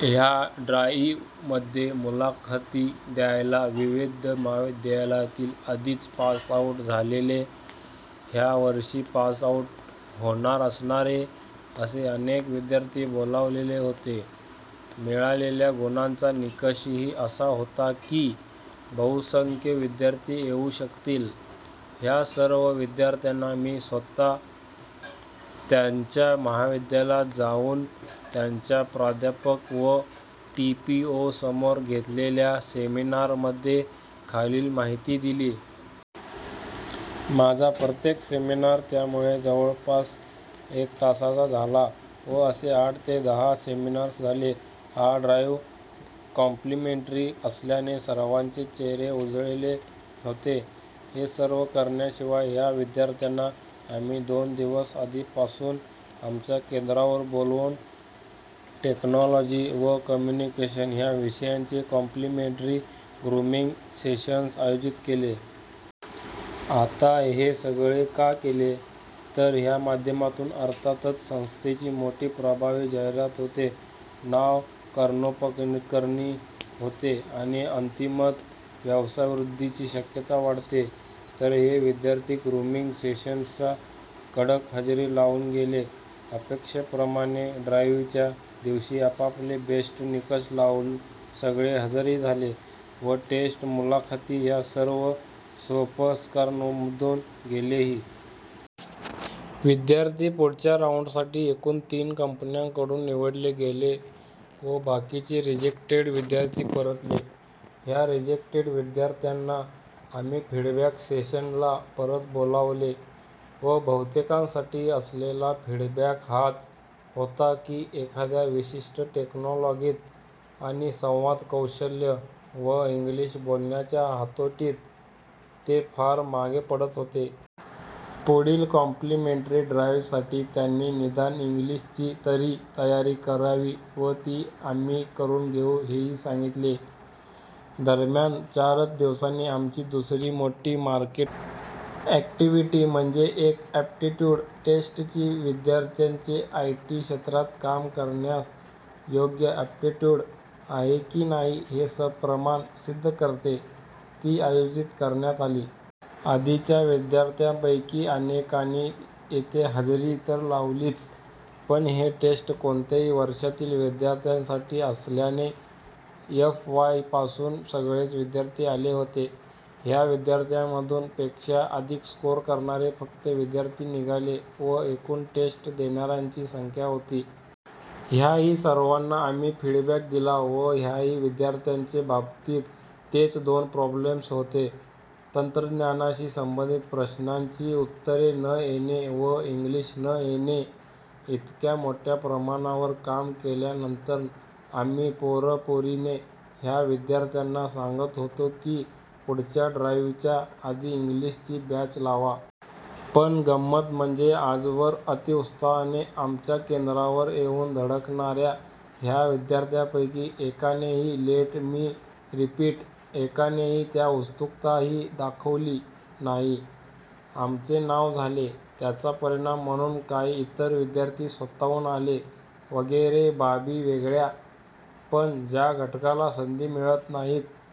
ह्या ड्राईव्हमध्ये मुलाखती द्यायला विविध महाविद्यालयातील आधीच पास आऊट झालेले, ह्या वर्षी पास आऊट होणार असणारे असे अनेक विद्यार्थी बोलावलेले होते. मिळालेल्या गुणांचा निकषही असा होता की बहुसंख्य विद्यार्थी येऊ शकतील. ह्या सर्व विद्यार्थ्यांना मी स्वतः त्यांच्या महाविद्यालयात जाऊन त्यांच्या प्राध्यापक व टीपीओ समोर घेतलेल्या सेमिनारमध्ये खालील माहिती दिली होती. माझा प्रत्येक सेमिनार त्यामुळे जवळपास एक तासाचा झाला व असे आठ ते दहा सेमिनार्स झाले. हा ड्राईव्ह काँप्लिमेंटरी असल्याने सर्वांचेच चेहरे उजळलेले होते. हे सर्व करण्याशिवाय ह्या विद्यार्थ्यांना आम्ही दोन दिवस आधीपासून आमच्या केंद्रावर बोलावून टेक्नॉलॉजी व कम्युनिकेशन ह्या विषयांचे 'काँप्लिमेंटरी' ग्रूमिंग सेशन्स आयोजीत केले. आता हे सगळे का केले? तर ह्या माध्यमातून अर्थातच संस्थेची मोठी, प्रभावी जाहिरात होते, नांव कर्णोपकर्णी होते आणि अंतिमतः व्यवसायवृद्धीची शक्यता वाढते. तर हे विद्यार्थी ग्रूमिंग सेशन्सना कडक हजेरी लावून गेले. अपेक्षेप्रमाणे ड्राईव्हच्या दिवशी आपापले 'बेस्ट' निकष लावून सगळे हजरही झाले व टेस्ट, मुलाखती ह्या सर्व सोपस्कारांमधून गेलेही. विद्यार्थी पुढच्या राऊंडसाठी एकुण तीन कंपन्यांकडून निवडले गेले व बाकीचे रिजेक्टेड विद्यार्थी परतले. ह्या रिजेक्टेड विद्यार्थ्यांना आम्ही फीडबॅक सेशनला परत बोलावले व बहुतेकांसाठी असलेला फीडबॅक हाच होता की एखाद्या विशिष्ट टेक्नॉलॉगीत आणि संवादकौशल्य व इंग्लिश बोलण्याच्या हातोटीत ते फार मागे पडत होते. पुढील काँप्लिमेंटरी ड्राईव्हसाठी त्यांनी निदान इंग्लिशची तरी तयारी करावी व ती आम्ही करून घेऊ हेही सांगितले.. दरम्यान चारच दिवसांनी आमची दुसरी मोठी मार्केटिंग अॅक्टिव्हिटी म्हणजे एक अॅप्टिट्यूड टेस्ट, जी विद्यार्थ्याचे आय टी क्षेत्रात काम करण्यास योग्य अॅप्टिट्यूड आहे की नाही हे सप्रमाण सिद्ध करते, ती आयोजीत करण्यात आली. आधीच्या विद्यार्थ्यांपैकी अनेकांनी येथे हजेरी तर लावलीच, पण ही टेस्ट कोणत्याही वर्षातील विद्यार्थ्यांसाठी असस्ल्याने एफ वाय पासून सगळेच विद्यार्थी आले होते. ह्या विद्यार्थ्यांमधून पेक्षा अधिक स्कोर करणारे फक्त विद्यार्थी निघाले व एकुण टेस्ट देणार्यांची संख्या होती. ह्याही सर्वांना आम्ही फीडबॅक दिला व ह्याही विद्यार्थ्यांच्या बाबतीत तेच दोन प्रॉब्लेम्स होते. तंत्रज्ञानाशी संबंधित प्रश्नांची उत्तरे न येणे व इंग्लिश न येणे! इतक्या मोठ्या प्रमाणावर काम केल्यानंतर आम्ही परोपरीने ह्या विद्यार्थ्यांना सांगत होतो की पुढच्या ड्राईव्हच्या आधी इंग्लिशची बॅच लावा. पण गंमत म्हणजे आजवर अतीउत्साहाने आमच्या केंद्रावर येऊन धडकणार्या ह्या विद्यार्थ्यांपैकी एकानेही, लेट मी रीपिट, एकानेही त्यात उत्सुकताही दाखवली नाही. आमचे नांव झाले, त्याचा परिणाम म्हणून काही इतर विद्यार्थी स्वतःहून आले वगैरे बाबी वेगळ्या! पण ज्या घटकाला संधी मिळत नाहीत